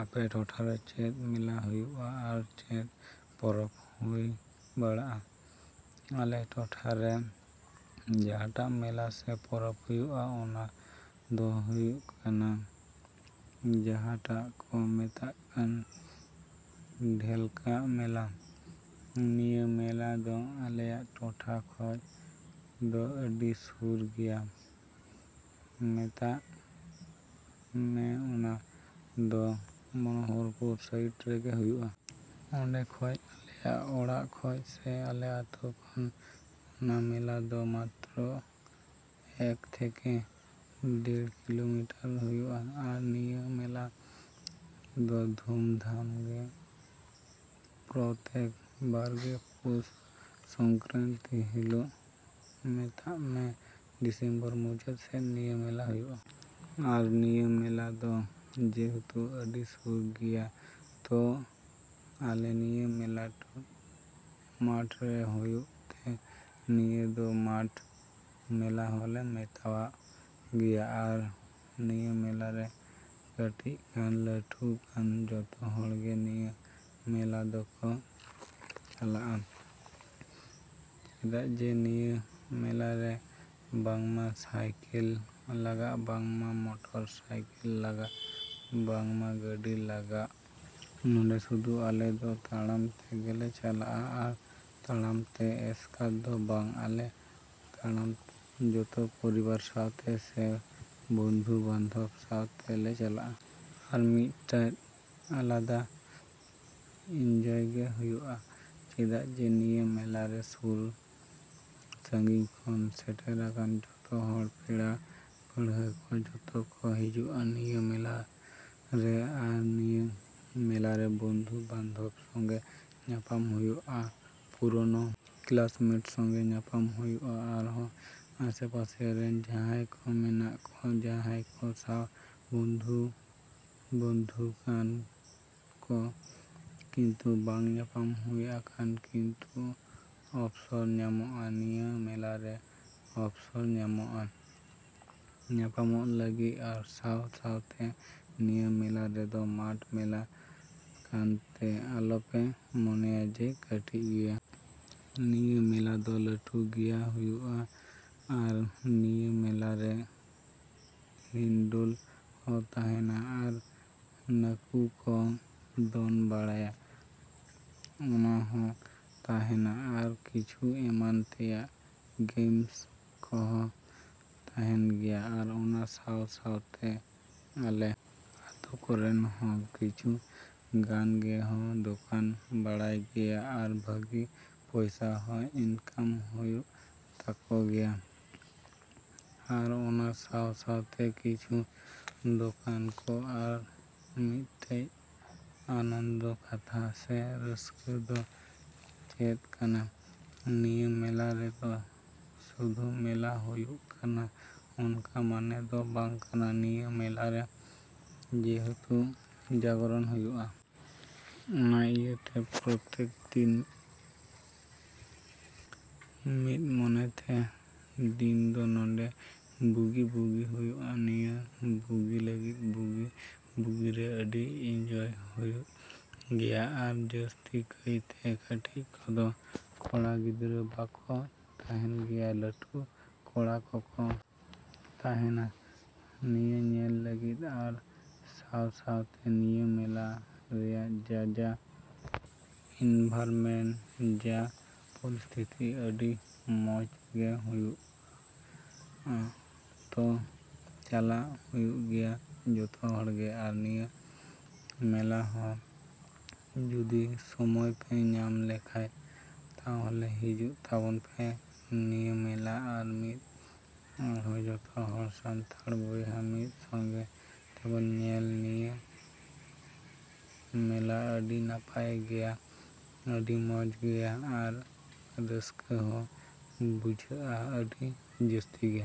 ᱟᱯᱮ ᱴᱚᱴᱷᱟᱨᱮ ᱪᱮᱫ ᱢᱮᱞᱟ ᱦᱩᱭᱩᱜᱼᱟ ᱟᱨ ᱪᱮᱫ ᱯᱚᱨᱚᱵᱽ ᱦᱩᱭ ᱵᱟᱲᱟᱜᱼᱟ? ᱟᱞᱮ ᱴᱚᱴᱷᱟ ᱨᱮ ᱡᱟᱸᱦᱟᱴᱟᱜ ᱢᱮᱞᱟ ᱥᱮ ᱯᱚᱨᱚᱵᱽ ᱦᱩᱭᱩᱜᱼᱟ ᱚᱱᱟ ᱫᱚ ᱦᱩᱭᱩᱜ ᱠᱟᱱᱟ ᱡᱟᱸᱦᱟᱴᱟᱜ ᱠᱚ ᱢᱮᱛᱟᱜ ᱠᱟᱱ ᱰᱷᱮᱞᱠᱟᱜ ᱢᱮᱞᱟ᱾ ᱱᱤᱭᱟᱹ ᱢᱮᱞᱟ ᱫᱚ ᱟᱞᱮᱭᱟᱜ ᱴᱚᱴᱷᱟ ᱠᱷᱚᱡ ᱫᱚ ᱟᱹᱰᱤ ᱥᱩᱨ ᱜᱮᱭᱟ ᱢᱮᱛᱟᱜ ᱢᱮ ᱚᱱᱟ ᱫᱚ ᱢᱚᱱᱳᱦᱚᱨᱯᱩᱨ ᱥᱟᱭᱤᱰ ᱨᱮᱜᱮ ᱦᱩᱭᱩᱜᱼᱟ᱾ ᱚᱸᱰᱮ ᱠᱷᱚᱡ ᱟᱞᱮᱭᱟᱜ ᱚᱲᱟᱜ ᱠᱷᱚᱡ ᱥᱮ ᱟᱞᱮ ᱟᱛᱳ ᱠᱷᱚᱱ ᱚᱱᱟ ᱢᱮᱞᱟ ᱫᱚ ᱢᱟᱛᱨᱚ ᱮᱠ ᱛᱷᱮᱠᱮ ᱰᱮᱲ ᱠᱤᱞᱳᱢᱤᱴᱟᱨ ᱦᱩᱭᱩᱜᱼᱟ᱾ ᱟᱨ ᱱᱤᱭᱟᱹ ᱢᱮᱞᱟ ᱫᱚ ᱫᱷᱩᱢᱫᱷᱟᱢ ᱜᱮ ᱯᱨᱚᱛᱮᱠ ᱵᱟᱨᱜᱮ ᱯᱳᱥ ᱥᱚᱝᱠᱮᱨᱟᱱᱛᱤ ᱦᱤᱞᱳᱜ ᱢᱮᱛᱟᱜ ᱢᱮ ᱰᱤᱥᱮᱢᱵᱚᱨ ᱢᱩᱪᱟᱹᱫ ᱥᱮᱫ ᱱᱤᱭᱟᱹ ᱢᱮᱞᱟ ᱦᱩᱭᱩᱜᱼᱟ᱾ ᱟᱨ ᱱᱤᱭᱟᱹ ᱢᱮᱞᱟ ᱫᱚ ᱡᱮᱦᱩᱛᱩ ᱟᱹᱰᱤ ᱥᱩᱨ ᱜᱮᱭᱟ ᱛᱳ ᱟᱞᱮ ᱱᱤᱭᱟᱹ ᱢᱮᱞᱟ ᱢᱟᱴᱷᱨᱮ ᱦᱩᱭᱩᱜ ᱛᱮ ᱱᱤᱭᱟᱹ ᱫᱚ ᱢᱟᱴᱷ ᱢᱮᱞᱟ ᱦᱚᱞᱮ ᱢᱮᱛᱟᱣᱟᱜ ᱜᱮᱭᱟ ᱟᱨ ᱱᱤᱭᱟᱹ ᱢᱮᱞᱟᱨᱮ ᱠᱟᱹᱴᱤᱡ ᱠᱟᱱ ᱞᱟᱹᱴᱩ ᱠᱟᱱ ᱡᱚᱛᱚ ᱦᱚᱲᱜᱮ ᱱᱤᱭᱟᱹ ᱢᱮᱞᱟ ᱫᱚᱠᱚ ᱪᱟᱞᱟᱜᱼᱟ ᱪᱮᱫᱟᱜ ᱡᱮ ᱱᱤᱭᱟᱹ ᱢᱮᱞᱟᱨᱮ ᱵᱟᱝᱢᱟ ᱥᱟᱭᱠᱮᱞ ᱞᱟᱜᱟᱜ ᱵᱟᱝᱢᱟ ᱢᱚᱴᱚᱨ ᱥᱟᱭᱠᱮᱞ ᱞᱟᱜᱟᱜ ᱵᱟᱝᱢᱟ ᱜᱟᱹᱰᱤ ᱞᱟᱜᱟᱜ ᱱᱚᱸᱰᱮ ᱥᱩᱫᱷᱩ ᱟᱞᱮ ᱫᱚ ᱛᱟᱲᱟᱢ ᱛᱮᱜᱮᱞᱮ ᱪᱟᱞᱟᱜᱼᱟ ᱟᱨ ᱛᱟᱲᱟᱢᱛᱮ ᱮᱥᱠᱟᱨ ᱫᱚ ᱵᱟᱝ ᱟᱞᱮ ᱛᱟᱲᱟᱢᱛᱮ ᱡᱚᱛᱚ ᱯᱚᱨᱤᱵᱟᱨ ᱥᱟᱶᱛᱮ ᱥᱮ ᱵᱚᱱᱫᱷᱩ ᱵᱟᱱᱫᱷᱚᱵ ᱥᱟᱶᱛᱮ ᱞᱮ ᱪᱟᱞᱟᱜᱼᱟ᱾ ᱟᱨ ᱢᱤᱫᱴᱮᱡ ᱟᱞᱟᱫᱟ ᱤᱱᱡᱚᱭ ᱜᱮ ᱦᱩᱭᱩᱜᱼᱟ ᱪᱮᱫᱟᱜ ᱡᱮ ᱱᱤᱭᱟᱹ ᱢᱮᱞᱟᱨᱮ ᱥᱩᱨ ᱥᱟᱺᱜᱤᱧ ᱠᱷᱚᱱ ᱥᱮᱴᱮᱨᱟᱠᱟᱱ ᱡᱚᱛᱚ ᱦᱚᱲ ᱯᱮᱲᱟ ᱯᱟᱹᱲᱦᱟᱹ ᱠᱚ ᱡᱚᱛᱚ ᱠᱚ ᱦᱤᱡᱩᱜᱼᱟ ᱱᱤᱭᱟᱹ ᱢᱮᱞᱟᱨᱮ ᱟᱨ ᱱᱤᱭᱟᱹ ᱢᱮᱞᱟᱨᱮ ᱵᱚᱱᱫᱷᱩ ᱵᱟᱱᱫᱷᱚᱵ ᱥᱚᱜᱮ ᱧᱟᱯᱟᱢ ᱦᱩᱭᱩᱜᱼᱟ᱾ ᱯᱩᱨᱳᱱᱳ ᱠᱮᱞᱟᱥᱢᱮᱴ ᱥᱚᱜᱮ ᱧᱟᱯᱟᱢ ᱦᱩᱭᱩᱜᱼᱟ ᱟᱨᱦᱚ ᱟᱥᱮ ᱯᱟᱥᱮ ᱨᱮᱱ ᱡᱟᱦᱟᱸᱭ ᱠᱚ ᱢᱮᱱᱟᱜ ᱠᱚ ᱡᱟᱦᱟᱸᱭ ᱠᱚ ᱥᱟᱶ ᱵᱚᱱᱫᱷᱩ ᱵᱚᱱᱫᱷᱩ ᱠᱟᱱ ᱠᱚ ᱠᱤᱱᱛᱩ ᱵᱟᱝ ᱧᱟᱯᱟᱢ ᱦᱩᱭ ᱟᱠᱟᱱ ᱠᱤᱱᱛᱩ ᱚᱯᱥᱚᱨ ᱧᱟᱢᱚᱜᱼᱟ ᱱᱤᱭᱟᱹ ᱢᱮᱞᱟᱨᱮ ᱚᱯᱥᱚᱨ ᱧᱟᱢᱚᱜᱼᱟ ᱧᱟᱯᱟᱢᱚᱜ ᱞᱟᱹᱜᱤᱫ ᱟᱨ ᱥᱟᱶ ᱥᱟᱶᱛᱮ ᱱᱤᱭᱟᱹ ᱢᱮᱞᱟ ᱨᱮᱫᱚ ᱢᱟᱴᱷ ᱢᱮᱞᱟ ᱠᱟᱱᱛᱮ ᱟᱞᱚᱯᱮ ᱢᱚᱱᱮᱭᱟ ᱡᱮ ᱠᱟᱹᱴᱤᱡ ᱜᱮᱭᱟ᱾ ᱱᱤᱭᱟᱹ ᱢᱮᱞᱟ ᱫᱚ ᱞᱟᱹᱴᱩ ᱜᱮᱭᱟ ᱦᱩᱭᱩᱜᱼᱟ ᱟᱨ ᱱᱤᱭᱟᱹ ᱢᱮᱞᱟᱨᱮ ᱦᱤᱱᱰᱳᱞ ᱦᱚᱸ ᱛᱟᱦᱮᱱᱟ᱾ ᱟᱨ ᱱᱟᱠᱩ ᱠᱚ ᱫᱚᱱ ᱵᱟᱲᱟᱭᱟ ᱚᱱᱟ ᱦᱚᱸ ᱛᱟᱦᱮᱱᱟ ᱟᱨᱚ ᱠᱤᱪᱷᱩ ᱮᱢᱟᱱ ᱛᱮᱭᱟᱜ ᱜᱮᱢᱥ ᱠᱚᱦᱚᱸ ᱛᱟᱦᱮᱱ ᱜᱮᱭᱟ᱾ ᱟᱨ ᱚᱱᱟ ᱥᱟᱶ ᱥᱟᱶᱛᱮ ᱟᱞᱮ ᱟᱛᱳ ᱠᱚᱨᱮᱱ ᱦᱚᱸ ᱠᱤᱪᱷᱩ ᱜᱟᱱ ᱜᱮ ᱦᱚᱸ ᱫᱚᱠᱟᱱ ᱵᱟᱲᱟᱭ ᱜᱮᱭᱟ ᱟᱨ ᱵᱷᱟᱹᱜᱤ ᱯᱚᱭᱥᱟ ᱦᱚᱸ ᱤᱱᱠᱟᱢ ᱦᱩᱭᱩᱜ ᱛᱟᱠᱚ ᱜᱮᱭᱟ ᱟᱨ ᱚᱱᱟ ᱥᱟᱶ ᱥᱟᱶᱛᱮ ᱠᱤᱪᱷᱩ ᱫᱚᱠᱟᱱ ᱠᱚ ᱟᱨ ᱢᱤᱫᱴᱮᱡ ᱟᱱᱚᱱᱫᱚ ᱠᱟᱛᱷᱟ ᱥᱮ ᱨᱟᱹᱥᱠᱟᱹ ᱫᱚ ᱪᱮᱫ ᱠᱟᱱᱟ ᱱᱤᱭᱟᱹ ᱢᱮᱞᱟ ᱨᱮᱫᱚ ᱥᱩᱫᱷᱩ ᱢᱮᱞᱟ ᱦᱩᱭᱩᱜ ᱠᱟᱱᱟ ᱚᱱᱠᱟ ᱢᱟᱱᱮ ᱫᱚ ᱵᱟᱝ ᱠᱟᱱᱟ ᱱᱤᱭᱟᱹ ᱢᱮᱞᱟᱨᱮ ᱡᱮᱦᱮᱛᱩ ᱡᱟᱜᱽᱨᱚᱱ ᱦᱩᱭᱩᱜᱼᱟ᱾ ᱚᱱᱟ ᱤᱭᱟᱹᱛᱮ ᱯᱨᱚᱛᱮᱠ ᱫᱤᱱ ᱢᱤᱫ ᱢᱚᱱᱮᱛᱮ ᱫᱤᱱᱫᱚ ᱱᱚᱰᱮ ᱵᱩᱜᱤ ᱵᱩᱜᱤ ᱦᱩᱭᱩᱜᱼᱟ ᱱᱤᱭᱟᱹ ᱵᱩᱜᱤ ᱞᱟᱹᱜᱤᱫ ᱵᱩᱜᱤ ᱵᱩᱜᱤᱨᱮ ᱟᱹᱰᱤ ᱤᱱᱡᱚᱭ ᱦᱩᱭᱩᱜ ᱜᱮᱭᱟ᱾ ᱟᱨ ᱡᱟᱹᱥᱛᱤ ᱠᱟᱭᱛᱮ ᱠᱟᱹᱴᱤᱡ ᱠᱚᱫᱚ ᱠᱚᱲᱟ ᱜᱤᱫᱽᱨᱟᱹ ᱵᱟᱠᱚ ᱛᱟᱦᱮᱱ ᱜᱮᱭᱟ ᱞᱟᱹᱴᱩ ᱠᱚᱲᱟ ᱠᱚᱠᱚ ᱛᱟᱦᱮᱱᱟ ᱱᱤᱭᱟᱹ ᱧᱮᱞ ᱞᱟᱹᱜᱤᱫ ᱟᱨ ᱥᱟᱶ ᱥᱟᱶᱛᱮ ᱱᱤᱭᱟᱹ ᱢᱮᱞᱟ ᱨᱮᱭᱟᱜ ᱡᱟ ᱡᱟ ᱤᱱᱵᱷᱟᱨᱢᱮᱱᱴ ᱡᱟ ᱯᱚᱨᱤᱥᱛᱷᱤᱛᱤ ᱟᱹᱰᱤ ᱢᱚᱡᱽ ᱜᱮ ᱦᱩᱭᱩᱜᱼᱟ ᱛᱳ ᱪᱟᱞᱟᱜ ᱦᱩᱭᱩᱜ ᱜᱮᱭᱟ ᱡᱚᱛᱚ ᱦᱚᱲᱜᱮ ᱟᱨ ᱱᱤᱭᱟᱹ ᱢᱮᱞᱟ ᱦᱚᱸ ᱡᱚᱫᱤ ᱥᱚᱢᱚᱭ ᱯᱮ ᱧᱟᱢ ᱞᱮᱠᱷᱟᱡ ᱛᱟᱦᱚᱞᱮ ᱦᱤᱡᱩᱜ ᱛᱟᱵᱚᱱᱯᱮ ᱱᱤᱭᱟᱹ ᱢᱮᱞᱟ ᱟᱨ ᱢᱤᱫ ᱟᱨᱦᱚᱸ ᱡᱚᱛᱚ ᱦᱚᱲ ᱥᱟᱱᱛᱟᱲ ᱵᱚᱭᱦᱟ ᱢᱤᱫ ᱥᱚᱜᱮ ᱛᱮᱵᱚ ᱧᱮᱞᱟ ᱱᱤᱭᱟᱹ ᱢᱮᱞᱟ ᱟᱹᱰᱤ ᱱᱟᱯᱟᱭ ᱜᱮᱭᱟ ᱟᱹᱰᱤ ᱢᱚᱡᱽ ᱜᱮᱭᱟ ᱟᱨ ᱨᱟᱹᱥᱠᱟᱹ ᱦᱚᱸ ᱵᱩᱡᱷᱟᱹᱜᱼᱟ ᱟᱹᱰᱤ ᱡᱟᱥᱛᱤ ᱜᱮ᱾